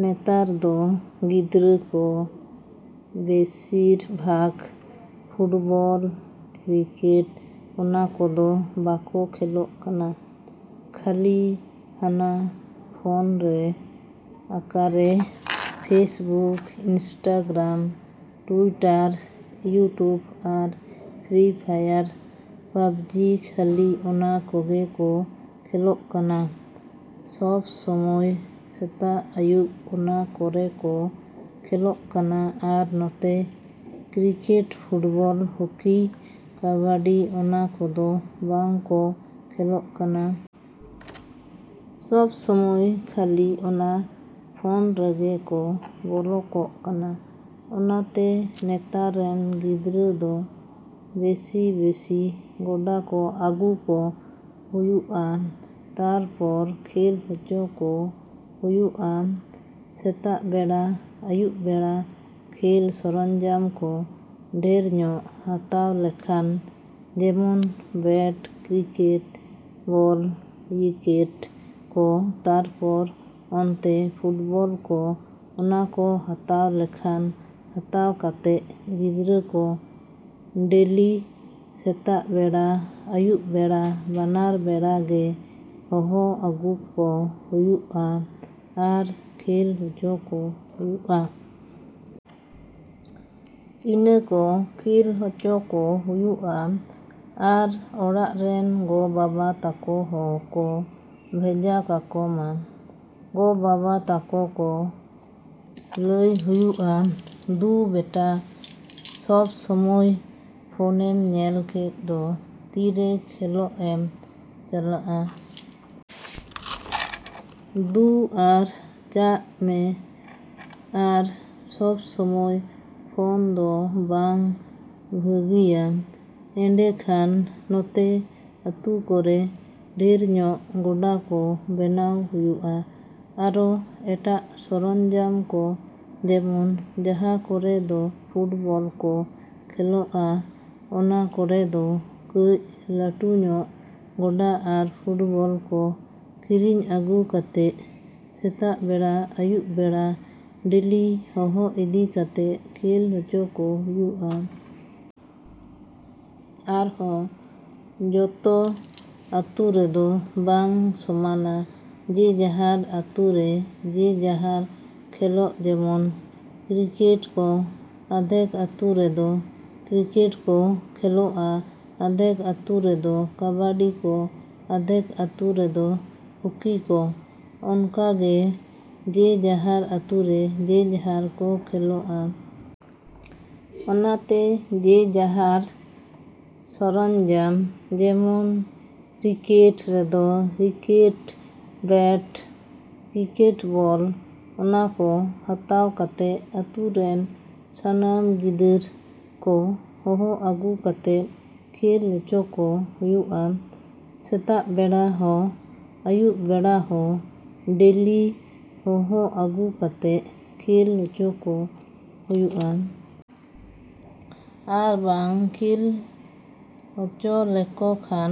ᱱᱮᱛᱟᱨ ᱫᱚ ᱜᱤᱫᱽᱨᱟᱹ ᱠᱚ ᱵᱮᱥᱤᱨ ᱵᱷᱟᱜᱽ ᱯᱷᱩᱴᱵᱚᱞ ᱠᱨᱤᱠᱮᱴ ᱚᱱᱟ ᱠᱚᱫᱚ ᱵᱟᱠᱚ ᱠᱷᱮᱞᱚᱜ ᱠᱟᱱᱟ᱾ ᱠᱷᱟᱹᱞᱤ ᱦᱟᱱᱟ ᱯᱷᱚᱱ ᱨᱮ ᱟᱠᱟᱨᱮ ᱯᱷᱮᱥᱵᱩᱠ ᱤᱱᱥᱴᱟᱜᱨᱟᱢ ᱴᱩᱭᱴᱟᱨ ᱤᱭᱩᱴᱩᱵᱽ ᱟᱨ ᱯᱷᱨᱤ ᱯᱷᱟᱭᱟᱨ ᱯᱟᱵᱡᱤ ᱠᱷᱟᱹᱞᱤ ᱚᱱᱟ ᱠᱚᱜᱮ ᱠᱚ ᱠᱷᱮᱞᱚᱜ ᱠᱟᱱᱟ᱾ ᱥᱚᱵ ᱥᱚᱢᱚᱭ ᱥᱮᱛᱟᱜᱼᱟᱹᱭᱩᱵ ᱚᱱᱟ ᱠᱚᱨᱮ ᱠᱚ ᱠᱷᱮᱞᱚᱜ ᱠᱟᱱᱟ ᱟᱨ ᱱᱚᱛᱮ ᱠᱨᱤᱠᱮᱴ ᱯᱷᱩᱴᱵᱚᱞ ᱦᱚᱠᱤ ᱠᱟᱵᱟᱰᱤ ᱚᱱᱟ ᱠᱚᱫᱚ ᱵᱟᱝ ᱠᱚ ᱠᱷᱮᱞᱚᱜ ᱠᱟᱱᱟ᱾ ᱥᱚᱵ ᱥᱚᱢᱚᱭ ᱠᱷᱟᱹᱞᱤ ᱚᱱᱟ ᱯᱷᱚᱱ ᱨᱮᱜᱮ ᱠᱚ ᱵᱚᱞᱚ ᱠᱚᱜ ᱠᱟᱱᱟ᱾ ᱚᱱᱟᱛᱮ ᱱᱮᱛᱟᱨ ᱨᱮᱱ ᱜᱤᱫᱽᱨᱟᱹ ᱫᱚ ᱵᱮᱥᱤᱼᱵᱮᱥᱤ ᱜᱚᱰᱟ ᱠᱚ ᱟᱹᱜᱩ ᱠᱚ ᱦᱩᱭᱩᱜᱼᱟ ᱛᱟᱨᱯᱚᱨ ᱠᱷᱮᱞ ᱦᱚᱪᱚ ᱠᱚ ᱦᱩᱭᱩᱜᱼᱟ᱾ ᱥᱮᱛᱟᱜ ᱵᱮᱲᱟ ᱟᱹᱭᱩᱵ ᱵᱮᱲᱟ ᱠᱷᱮᱞ ᱥᱚᱨᱚᱧᱡᱟᱢ ᱠᱚ ᱰᱷᱮᱨ ᱧᱚᱜ ᱦᱟᱛᱟᱣ ᱞᱮᱠᱷᱟᱱ ᱡᱮᱢᱚᱱ ᱵᱮᱴ ᱠᱨᱤᱠᱮᱴ ᱵᱚᱞ ᱣᱤᱠᱮᱴ ᱠᱚ ᱛᱟᱨᱯᱚᱨ ᱚᱱᱛᱮ ᱯᱷᱩᱴᱵᱚᱞ ᱠᱚ ᱚᱱᱟ ᱠᱚ ᱦᱟᱛᱟᱣ ᱞᱮᱠᱷᱟᱱ ᱦᱟᱛᱟᱣ ᱠᱟᱛᱮᱜ ᱜᱤᱫᱽᱨᱟᱹ ᱠᱚ ᱰᱮᱞᱤ ᱥᱮᱛᱟᱜ ᱵᱮᱲᱟ ᱟᱹᱭᱩᱵ ᱵᱮᱲᱟ ᱵᱟᱱᱟᱨ ᱵᱮᱲᱟ ᱜᱮ ᱦᱚᱦᱚ ᱟᱹᱜᱩ ᱠᱚ ᱦᱩᱭᱩᱜᱼᱟ ᱟᱨ ᱠᱷᱮᱞ ᱦᱚᱪᱚ ᱠᱚ ᱦᱩᱭᱩᱜᱼᱟ᱾ ᱤᱱᱟᱹ ᱠᱚ ᱠᱷᱮᱞ ᱦᱚᱪᱚ ᱠᱚ ᱦᱩᱭᱩᱜᱼᱟ ᱟᱨ ᱚᱲᱟᱜ ᱨᱮᱱ ᱜᱚ ᱵᱟᱵᱟ ᱛᱟᱠᱚ ᱦᱚᱸ ᱠᱚ ᱵᱷᱮᱡᱟ ᱠᱟᱠᱚᱢᱟ᱾ ᱜᱚ ᱵᱟᱵᱟ ᱛᱟᱠᱚ ᱠᱚ ᱞᱟᱹᱭ ᱦᱩᱭᱩᱜᱼᱟ ᱫᱩ ᱵᱮᱴᱟ ᱥᱚᱵ ᱥᱚᱢᱚᱭ ᱯᱷᱚᱱᱮᱢ ᱧᱮᱞ ᱠᱮᱫ ᱫᱚ ᱛᱤᱨᱮ ᱠᱷᱮᱞᱚᱜ ᱮᱢ ᱪᱟᱞᱜ-ᱟ ᱾ ᱫᱩ ᱟᱨ ᱪᱟᱜ ᱢᱮ ᱟᱨ ᱥᱚᱵ ᱥᱚᱢᱚᱭ ᱯᱷᱚᱱ ᱫᱚ ᱵᱟᱝ ᱵᱷᱟᱹᱜᱤᱭᱟ ᱮᱱᱰᱮᱠᱷᱟᱱ ᱱᱚᱛᱮ ᱟᱹᱛᱩ ᱠᱚᱨᱮ ᱰᱷᱮᱨ ᱧᱚᱜ ᱜᱚᱰᱟ ᱠᱚ ᱵᱮᱱᱟᱣ ᱦᱩᱭᱩᱜᱼᱟ᱾ ᱟᱨᱚ ᱮᱴᱟᱜ ᱥᱚᱨᱚᱧᱡᱟᱢ ᱠᱚ ᱡᱮᱢᱚᱱ ᱡᱟᱦᱟᱸ ᱠᱚᱨᱮ ᱫᱚ ᱯᱷᱩᱴᱵᱚᱞ ᱠᱚ ᱠᱷᱮᱞᱚᱜᱼᱟ ᱚᱱᱟ ᱠᱚᱨᱮ ᱫᱚ ᱠᱟᱹᱡ ᱞᱟᱹᱴᱩ ᱧᱚᱜ ᱜᱚᱰᱟ ᱟᱨ ᱯᱷᱩᱴᱵᱚᱞ ᱠᱚ ᱠᱤᱨᱤᱧ ᱟᱹᱜᱩ ᱠᱟᱛᱮᱜ ᱥᱮᱛᱟᱜ ᱵᱮᱲᱟ ᱟᱹᱭᱩᱵ ᱵᱮᱲᱟ ᱰᱮᱞᱤ ᱦᱚᱦᱚ ᱤᱫᱤ ᱠᱟᱛᱮᱜ ᱠᱷᱮᱞ ᱦᱚᱪᱚ ᱠᱚ ᱦᱩᱭᱩᱜᱼᱟ᱾ ᱟᱨᱦᱚ ᱡᱚᱛᱚ ᱟᱹᱛᱩ ᱨᱮᱫᱚ ᱵᱟᱝ ᱥᱚᱢᱟᱱᱟ ᱡᱮ ᱡᱟᱦᱟᱨ ᱟᱹᱛᱩ ᱨᱮ ᱡᱮ ᱡᱟᱦᱟᱨ ᱠᱷᱮᱞᱚᱜ ᱡᱮᱢᱚᱱ ᱠᱨᱤᱠᱮᱴ ᱠᱚ ᱟᱫᱷᱮᱠ ᱟᱹᱛᱩ ᱨᱮᱫᱚ ᱠᱨᱤᱠᱮᱴ ᱠᱚ ᱠᱷᱮᱞᱚᱜᱼᱟ ᱟᱫᱷᱮᱠ ᱟᱹᱛᱩ ᱨᱮᱫᱚ ᱠᱟᱵᱟᱰᱤ ᱠᱚ ᱟᱫᱷᱮᱠ ᱟᱹᱛᱩ ᱨᱮᱫᱚ ᱦᱚᱠᱤ ᱠᱚ᱾ ᱚᱱᱠᱟᱜᱮ ᱡᱮ ᱡᱟᱦᱟᱨ ᱟᱹᱛᱩ ᱨᱮ ᱡᱮ ᱡᱟᱦᱟᱨ ᱠᱚ ᱠᱷᱮᱞᱚᱜᱼᱟ᱾ ᱚᱱᱟᱛᱮ ᱡᱮ ᱡᱟᱦᱟᱨ ᱥᱚᱨᱚᱧᱡᱟᱢ ᱡᱮᱢᱚᱱ ᱠᱨᱤᱠᱮᱴ ᱨᱮᱫᱚ ᱣᱤᱠᱮᱴ ᱵᱮᱴ ᱠᱨᱤᱠᱮᱴ ᱵᱚᱞ ᱚᱱᱟ ᱠᱚ ᱦᱟᱛᱟᱣ ᱠᱟᱛᱮᱜ ᱟᱹᱛᱩ ᱨᱮᱱ ᱥᱟᱱᱟᱢ ᱜᱤᱫᱟᱹᱨ ᱠᱚ ᱦᱚᱦᱚ ᱟᱹᱜᱩ ᱠᱟᱛᱮᱜ ᱠᱷᱮᱞ ᱦᱚᱪᱚ ᱠᱚ ᱦᱩᱭᱩᱜᱼᱟ᱾ ᱥᱮᱛᱟᱜ ᱵᱮᱲᱟ ᱦᱚᱸ ᱟᱹᱭᱩᱵ ᱵᱮᱲᱟ ᱦᱚᱸ ᱰᱮᱞᱤ ᱦᱚᱦᱚ ᱟᱹᱜᱩ ᱠᱟᱛᱮᱜ ᱠᱷᱮᱞ ᱦᱚᱪᱚ ᱠᱚ ᱦᱩᱭᱩᱜᱼᱟ᱾ ᱟᱨ ᱵᱟᱝ ᱠᱷᱮᱞ ᱦᱚᱪᱚ ᱞᱮᱠᱚ ᱠᱷᱟᱱ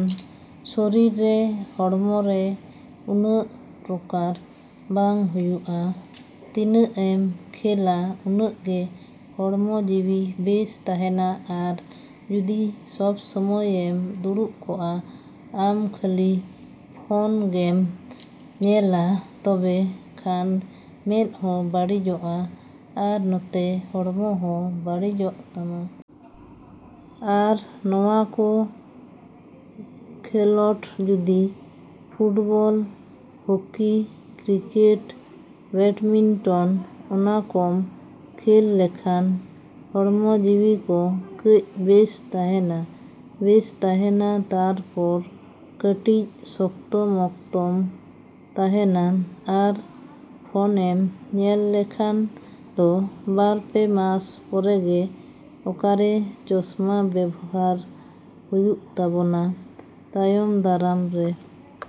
ᱥᱚᱨᱤᱨ ᱨᱮ ᱦᱚᱲᱢᱚ ᱨᱮ ᱩᱱᱟᱹᱜ ᱯᱨᱚᱠᱟᱨ ᱵᱟᱝ ᱦᱩᱭᱩᱜᱼᱟ᱾ ᱛᱤᱱᱟᱹᱜ ᱮᱢ ᱠᱷᱮᱞᱟ ᱩᱱᱟᱹᱜ ᱜᱮ ᱦᱚᱲᱢᱚ ᱡᱤᱣᱤ ᱵᱮᱥ ᱛᱟᱦᱮᱱᱟ ᱟᱨ ᱡᱩᱫᱤ ᱥᱚᱵ ᱥᱚᱢᱚᱭ ᱮᱢ ᱫᱩᱲᱩᱵ ᱠᱚᱜᱼᱟ ᱟᱢ ᱠᱷᱟᱹᱞᱤ ᱯᱷᱚᱱ ᱜᱮᱢ ᱧᱮᱞᱟ ᱛᱚᱵᱮ ᱠᱷᱟᱱ ᱢᱮᱫ ᱦᱚᱸ ᱵᱟᱹᱲᱤᱡᱚᱜᱼᱟ ᱟᱨ ᱱᱚᱛᱮ ᱦᱚᱲᱢᱚ ᱦᱚᱸ ᱵᱟᱹᱲᱤᱡᱚᱜ ᱛᱟᱢᱟ᱾ ᱟᱨ ᱱᱚᱣᱟ ᱠᱚ ᱠᱷᱮᱞᱚᱰ ᱡᱩᱫᱤ ᱯᱷᱩᱴᱵᱚᱞ ᱦᱚᱠᱤ ᱠᱨᱤᱠᱮᱴ ᱵᱮᱰᱢᱤᱱᱴᱚᱱ ᱚᱱᱟ ᱠᱚᱢ ᱠᱷᱮᱞ ᱞᱮᱠᱷᱟᱱ ᱦᱚᱲᱢᱚ ᱡᱤᱣᱤ ᱠᱚ ᱠᱟᱹᱡ ᱵᱮᱥ ᱛᱟᱦᱮᱱᱟ᱾ ᱵᱮᱥ ᱛᱟᱦᱮᱱᱟ ᱛᱟᱨᱯᱚᱨ ᱠᱟᱹᱴᱤᱡ ᱥᱚᱠᱛᱚ ᱢᱚᱠᱛᱚᱢ ᱛᱟᱦᱮᱱᱟ᱾ ᱟᱨ ᱯᱷᱚᱱᱮᱢ ᱧᱮᱞ ᱞᱮᱠᱷᱟᱱ ᱫᱚ ᱵᱟᱨ ᱯᱮ ᱢᱟᱥ ᱯᱚᱨᱮᱜᱮ ᱚᱠᱟᱨᱮ ᱪᱚᱥᱢᱟ ᱵᱮᱵᱷᱟᱨ ᱦᱩᱭᱩᱜ ᱛᱟᱵᱚᱱᱟ ᱛᱟᱭᱚᱢ ᱫᱟᱨᱟᱢ ᱨᱮ᱾